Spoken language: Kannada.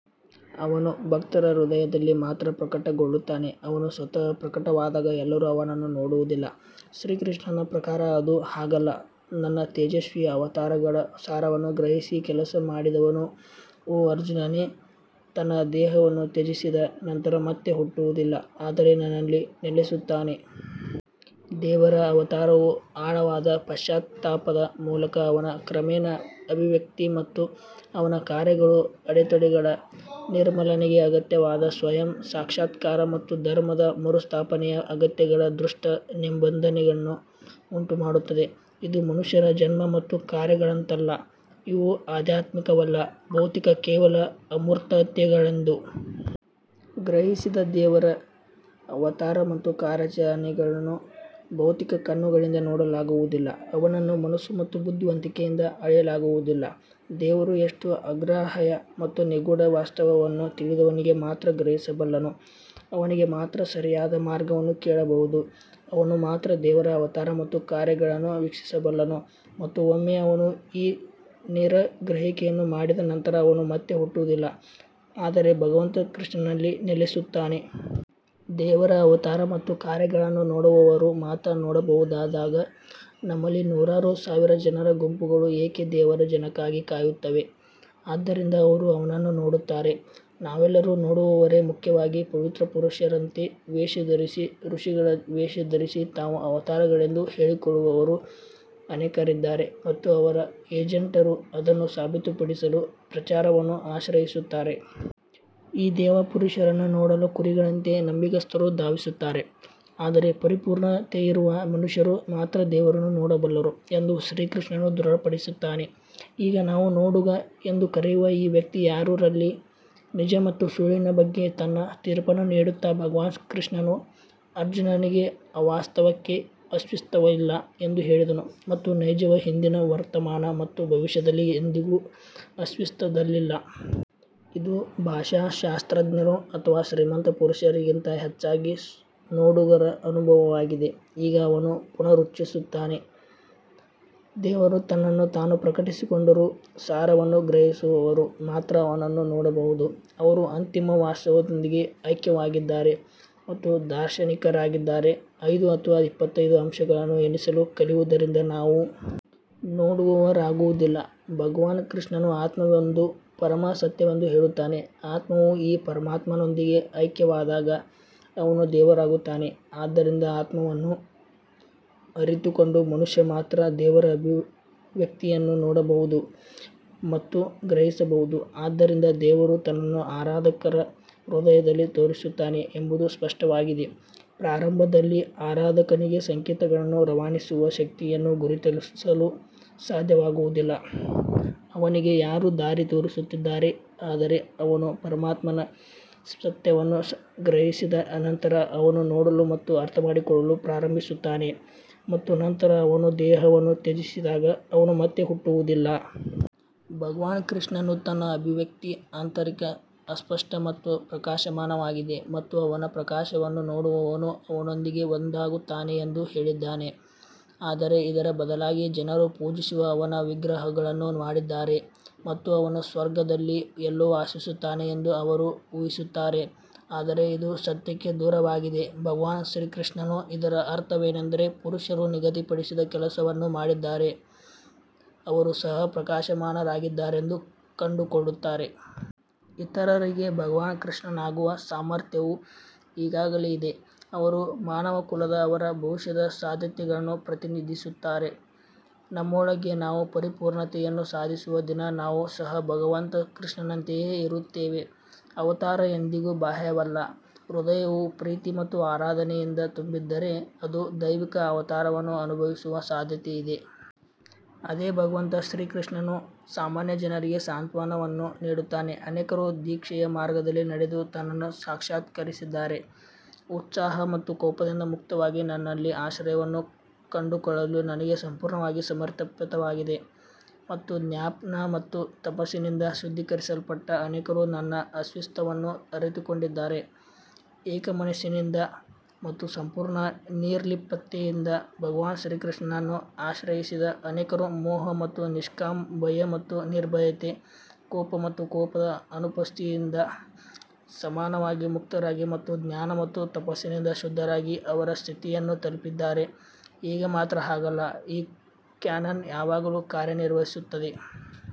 ಅವನು ಭಕ್ತರ ಹೃದಯದಲ್ಲಿ ಮಾತ್ರ ಪ್ರಕಟಗೊಳ್ಳುತ್ತಾನೆ ಅವನು ಸ್ವತಃ ಪ್ರಕಟವಾದಾಗ ಎಲ್ಲರೂ ಅವನನ್ನು ನೋಡುವುದಿಲ್ಲ ಶ್ರೀಕೃಷ್ಣನ ಪ್ರಕಾರ ಅದು ಹಾಗಲ್ಲ ನನ್ನ ತೇಜಸ್ವಿ ಅವತಾರಗಳ ಸಾರವನ್ನು ಗ್ರಹಿಸಿ ಕೆಲಸ ಮಾಡಿದವನು ಓ ಅರ್ಜುನನೇ ತನ್ನ ದೇಹವನ್ನು ತ್ಯಜಿಸಿದ ನಂತರ ಮತ್ತೆ ಹುಟ್ಟುವುದಿಲ್ಲ ಆದರೆ ನನ್ನಲ್ಲಿ ನೆಲೆಸುತ್ತಾನೆ. ದೇವರ ಅವತಾರವು ಆಳವಾದ ಪಶ್ಚಾತ್ತಾಪದ ಮೂಲಕ ಅವನ ಕ್ರಮೇಣ ಅಭಿವ್ಯಕ್ತಿ ಮತ್ತು ಅವನ ಕಾರ್ಯಗಳು ಅಡೆತಡೆಗಳ ನಿರ್ಮೂಲನೆಗೆ ಅಗತ್ಯವಾದ ಸ್ವಯಂ ಸಾಕ್ಷಾತ್ಕಾರ ಮತ್ತು ಧರ್ಮದ ಮರುಸ್ಥಾಪನೆಯ ಅಗತ್ಯಗಳ ದುಷ್ಟ ನಿಬಂಧನೆಯನ್ನು ಉಂಟುಮಾಡುತ್ತದೆ, ಇದು ಮನುಷ್ಯರ ಜನ್ಮ ಮತ್ತು ಕಾರ್ಯಗಳಂತಲ್ಲ. ಇವು ಅಧ್ಯಾತ್ಮಿಕವಲ್ಲ ಭೌತಿಕ ಕೇವಲ ಅಮೂರ್ತತೆಗಳೆಂದು ಗ್ರಹಿಸಿದ ದೇವರ ಅವತಾರ ಮತ್ತು ಕಾರ್ಯಾಚರಣೆಗಳನ್ನು ಭೌತಿಕ ಕಣ್ಣುಗಳಿಂದ ನೋಡಲಾಗುವುದಿಲ್ಲ ಅವನನ್ನು ಮನಸ್ಸು ಮತ್ತು ಬುದ್ಧಿವಂತಿಕೆಯಿಂದ ಅಳೆಯಲಾಗುವುದಿಲ್ಲ ದೇವರು ಎಷ್ಟು ಅಗ್ರಾಹ್ಯ ಮತ್ತು ನಿಗೂಢ, ವಾಸ್ತವವನ್ನು ತಿಳಿದವನಿಗೆ ಮಾತ್ರ ಗ್ರಹಿಸಬಲ್ಲನು ಅವನಿಗೆ ಮಾತ್ರ ಸರಿಯಾದ ಮಾರ್ಗವನ್ನು ಕೇಳಬಹುದು ಅವನು ಮಾತ್ರ ದೇವರ ಅವತಾರ ಮತ್ತು ಕಾರ್ಯಗಳನ್ನು ವೀಕ್ಷಿಸಬಲ್ಲನು ಮತ್ತು ಒಮ್ಮೆ ಅವನು ಈ ನೇರ ಗ್ರಹಿಕೆಯನ್ನು ಮಾಡಿದ ನಂತರ ಅವನು ಮತ್ತೆ ಹುಟ್ಟುವುದಿಲ್ಲ ಆದರೆ ಭಗವಂತ ಕೃಷ್ಣನಲ್ಲಿ ನೆಲೆಸುತ್ತಾನೆ. ದೇವರ ಅವತಾರ ಮತ್ತು ಕಾರ್ಯಗಳನ್ನು ನೋಡುವವರು ಮಾತ್ರ ನೋಡಬಹುದಾದಾಗ, ನಮ್ಮಲ್ಲಿ ನೂರಾರು ಸಾವಿರ ಜನರ ಗುಂಪುಗಳು ಏಕೆ ದೇವರ ಜನನಕ್ಕಾಗಿ ಕಾಯುತ್ತಿವೆ, ಆದ್ದರಿಂದ ಅವರು ಅವನನ್ನು ನೋಡುತ್ತಾರೆ ನಾವೆಲ್ಲರೂ ನೋಡುವವರೇ ಮುಖ್ಯವಾಗಿ ಪವಿತ್ರ ಪುರುಷರಂತೆ ವೇಷ ಧರಿಸಿ ಋಷಿಗಳ ವೇಷ ಧರಿಸಿ ತಾವು ಅವತಾರಗಳೆಂದು ಹೇಳಿಕೊಳ್ಳುವವರು ಅನೇಕರಿದ್ದಾರೆ ಮತ್ತು ಅವರ ಏಜೆಂಟರು ಅದನ್ನು ಸಾಬೀತುಪಡಿಸಲು ಪ್ರಚಾರವನ್ನು ಆಶ್ರಯಿಸುತ್ತಾರೆ. ಈ ದೇವ ಪುರುಷರನ್ನು ನೋಡಲು ಕುರಿಗಳಂತೆ ನಂಬಿಗಸ್ತರು ಧಾವಿಸುತ್ತಾರೆ ಆದರೆ ಪರಿಪೂರ್ಣತೆಯಿರುವ ಮನುಷ್ಯರು ಮಾತ್ರ ದೇವರನ್ನು ನೋಡಬಲ್ಲರು ಎಂದು ಶ್ರೀಕೃಷ್ಣನು ದೃಢಪಡಿಸುತ್ತಾನೆ. ಈಗ ನಾವು ನೋಡುಗ ಎಂದು ಕರೆಯುವ ಈ ವ್ಯಕ್ತಿ ಯಾರು ರಲ್ಲಿ ನಿಜ ಮತ್ತು ಸುಳ್ಳಿನ ಬಗ್ಗೆ ತನ್ನ ತೀರ್ಪನ್ನು ನೀಡುತ್ತಾ ಭಗವಾನ್ ಕೃಷ್ಣನು ಅರ್ಜುನನಿಗೆ ಅವಾಸ್ತವಕ್ಕೆ ಅಸ್ತಿತ್ವವಿಲ್ಲ ಎಂದು ಹೇಳಿದನು ಮತ್ತು ನೈಜವು ಹಿಂದಿನ ವರ್ತಮಾನ ಮತ್ತು ಭವಿಷ್ಯದಲ್ಲಿ ಎಂದಿಗೂ ಅಸ್ತಿತ್ವದಲ್ಲಿಲ್ಲ. ಇದು ಭಾಷಾಶಾಸ್ತ್ರಜ್ಞರು ಅಥವಾ ಶ್ರೀಮಂತ ಪುರುಷರಿಗಿಂತ ಹೆಚ್ಚಾಗಿ ನೋಡುಗರ ಅನುಭವವಾಗಿದೆ ಈಗ ಅವನು ಪುನರುಚ್ಚರಿಸುತ್ತಾನೆ, ದೇವರು ತನ್ನನ್ನು ತಾನು ಪ್ರಕಟಿಸಿಕೊಂಡರೂ, ಸಾರವನ್ನು ಗ್ರಹಿಸುವವರು ಮಾತ್ರ ಅವನನ್ನು ನೋಡಬಹುದು ಅವರು ಅಂತಿಮ ವಾಸ್ತವದೊಂದಿಗೆ ಐಕ್ಯವಾಗಿದ್ದಾರೆ ಮತ್ತು ದಾರ್ಶನಿಕರಾಗಿದ್ದಾರೆ ಐದು ಅಥವಾ ಇಪ್ಪತ್ತೈದು ಅಂಶಗಳನ್ನು ಎಣಿಸಲು ಕಲಿಯುವುದರಿಂದ ನಾವು ನೋಡುವವರಾಗುವುದಿಲ್ಲ ಭಗವಾನ್ ಕೃಷ್ಣನು ಆತ್ಮವೊಂದೇ ಪರಮ ಸತ್ಯವೆಂದು ಹೇಳುತ್ತಾನೆ ಆತ್ಮವು ಈ ಪರಮಾತ್ಮನೊಂದಿಗೆ ಐಕ್ಯವಾದಾಗ ಅವನೂ ದೇವರಾಗುತ್ತಾನೆ ಆದ್ದರಿಂದ ಆತ್ಮವನ್ನು ಅರಿತುಕೊಂಡ ಮನುಷ್ಯ ಮಾತ್ರ ದೇವರ ಅಭಿವ್ಯಕ್ತಿಯನ್ನು ನೋಡಬಹುದು ಮತ್ತು ಗ್ರಹಿಸಬಹುದು ಆದ್ದರಿಂದ ದೇವರು ತನ್ನನ್ನು ಆರಾಧಕರ ಹೃದಯದಲ್ಲಿ ತೋರಿಸುತ್ತಾನೆ ಎಂಬುದು ಸ್ಪಷ್ಟವಾಗಿದೆ ಪ್ರಾರಂಭದಲ್ಲಿ ಆರಾಧಕನಿಗೆ ಸಂಕೇತಗಳನ್ನು ರವಾನಿಸುವ ಶಕ್ತಿಯನ್ನು ಗುರುತಿಸಲು ಸಾಧ್ಯವಾಗುವುದಿಲ್ಲ ಅವನಿಗೆ ಯಾರು ದಾರಿ ತೋರಿಸುತ್ತಿದ್ದಾರೆ ಆದರೆ ಅವನು ಪರಮಾತ್ಮನ ಸತ್ಯವನ್ನು ಗ್ರಹಿಸಿದ ನಂತರ ಅವನು ನೋಡಲು ಮತ್ತು ಅರ್ಥಮಾಡಿಕೊಳ್ಳಲು ಪ್ರಾರಂಭಿಸುತ್ತಾನೆ ಮತ್ತು ನಂತರ ಅವನು ದೇಹವನ್ನು ತ್ಯಜಿಸಿದಾಗ ಅವನು ಮತ್ತೆ ಹುಟ್ಟುವುದಿಲ್ಲ. ಭಗವಾನ್ ಕೃಷ್ಣನು ತನ್ನ ಅಭಿವ್ಯಕ್ತಿ ಆಂತರಿಕ ಅಸ್ಪಷ್ಟ ಮತ್ತು ಪ್ರಕಾಶಮಾನವಾಗಿದೆ ಮತ್ತು ಅವನ ಪ್ರಕಾಶವನ್ನು ನೋಡುವವನು ಅವನೊಂದಿಗೆ ಒಂದಾಗುತ್ತಾನೆ ಎಂದು ಹೇಳಿದ್ದಾನೆ. ಆದರೆ ಇದರ ಬದಲಾಗಿ ಜನರು ಪೂಜಿಸುವ ಅವನ ವಿಗ್ರಹಗಳನ್ನು ಮಾಡಿದ್ದಾರೆ ಮತ್ತು ಅವನು ಸ್ವರ್ಗದಲ್ಲಿ ಎಲ್ಲೋ ವಾಸಿಸುತ್ತಾನೆ ಎಂದು ಅವರು ಊಹಿಸುತ್ತಾರೆ. ಆದರೆ ಇದು ಸತ್ಯಕ್ಕೆ ದೂರವಾಗಿದೆ ಭಗವಾನ್ ಶ್ರೀಕೃಷ್ಣನು ಇದರ ಅರ್ಥವೇನೆಂದರೆ, ಪುರುಷರು ನಿಗದಿಪಡಿಸಿದ ಕೆಲಸವನ್ನು ಮಾಡಿದರೆ ಅವರು ಸಹ ಪ್ರಕಾಶಮಾನರಾಗಿದ್ದಾರೆಂದು ಕಂಡುಕೊಳ್ಳುತ್ತಾರೆ. ಇತರರಿಗೆ ಭಗವಾನ್ ಕೃಷ್ಣನಾಗುವ ಸಾಮರ್ಥ್ಯವು ಈಗಾಗಲೇ ಇದೆ ಅವರು ಮಾನವಕುಲದ ಅವರ ಭವಿಷ್ಯದ ಸಾಧ್ಯತೆಗಳನ್ನು ಪ್ರತಿನಿಧಿಸುತ್ತಾರೆ ನಮ್ಮೊಳಗೆ ನಾವು ಪರಿಪೂರ್ಣತೆಯನ್ನು ಸಾಧಿಸುವ ದಿನ ನಾವು ಸಹ ಭಗವಂತ ಕೃಷ್ಣನಂತೆಯೇ ಇರುತ್ತೇವೆ. ಅವತಾರ ಎಂದಿಗೂ ಬಾಹ್ಯವಲ್ಲ ಹೃದಯವು ಪ್ರೀತಿ ಮತ್ತು ಆರಾಧನೆಯಿಂದ ತುಂಬಿದ್ದರೆ ಅದು ದೈವಿಕ ಅವತಾರವನ್ನು ಅನುಭವಿಸುವ ಸಾಧ್ಯತೆಯಿದೆ. ಅದೇ ಭಗವಂತ ಶ್ರೀಕೃಷ್ಣನು ಸಾಮಾನ್ಯ ಜನರಿಗೆ ಸಾಂತ್ವನವನ್ನು ನೀಡುತ್ತಾನೆ ಅನೇಕರು ದೀಕ್ಷೆಯ ಮಾರ್ಗದಲ್ಲಿ ನಡೆದು ತನ್ನನ್ನು ಸಾಕ್ಷಾತ್ಕರಿಸಿದ್ದಾರೆ. ಉತ್ಸಾಹ ಮತ್ತು ಕೋಪದಿಂದ ಮುಕ್ತವಾಗಿ ನನ್ನಲ್ಲಿ ಆಶ್ರಯವನ್ನು ಕಂಡುಕೊಳ್ಳಲು ನನಗೆ ಸಂಪೂರ್ಣವಾಗಿ ಸಮರ್ಪಿತವಾಗಿದೆ ಮತ್ತು ಜ್ಞಾನ ಮತ್ತು ತಪಸ್ಸಿನಿಂದ ಶುದ್ಧೀಕರಿಸಲ್ಪಟ್ಟ ಅನೇಕರು ನನ್ನ ಅಸ್ತಿತ್ವವನ್ನು ಅರಿತುಕೊಂಡಿದ್ದಾರೆ. ಏಕಮನಸ್ಸಿನಿಂದ ಮತ್ತು ಸಂಪೂರ್ಣ ನಿರ್ಲಿಪ್ತತೆಯಿಂದ ಭಗವಾನ್ ಶ್ರೀಕೃಷ್ಣನನ್ನು ಆಶ್ರಯಿಸಿದ ಅನೇಕರು ಮೋಹ ಮತ್ತು ನಿಷ್ಕಾಮ ಭಯ ಮತ್ತು ನಿರ್ಭಯತೆ ಕೋಪ ಮತ್ತು ಕೋಪದ ಅನುಪಸ್ಥಿತಿಯಿಂದ ಸಮಾನವಾಗಿ ಮುಕ್ತರಾಗಿ ಮತ್ತು ಜ್ಞಾನ ಮತ್ತು ತಪಸ್ಸಿನಿಂದ ಶುದ್ಧರಾಗಿ ಅವರ ಸ್ಥಿತಿಯನ್ನು ತಲುಪಿದ್ದಾರೆ. ಈಗ ಮಾತ್ರ ಹಾಗಲ್ಲ ಈ ಕ್ಯಾನನ್ ಯಾವಾಗಲೂ ಕಾರ್ಯನಿರ್ವಹಿಸುತ್ತಿದೆ.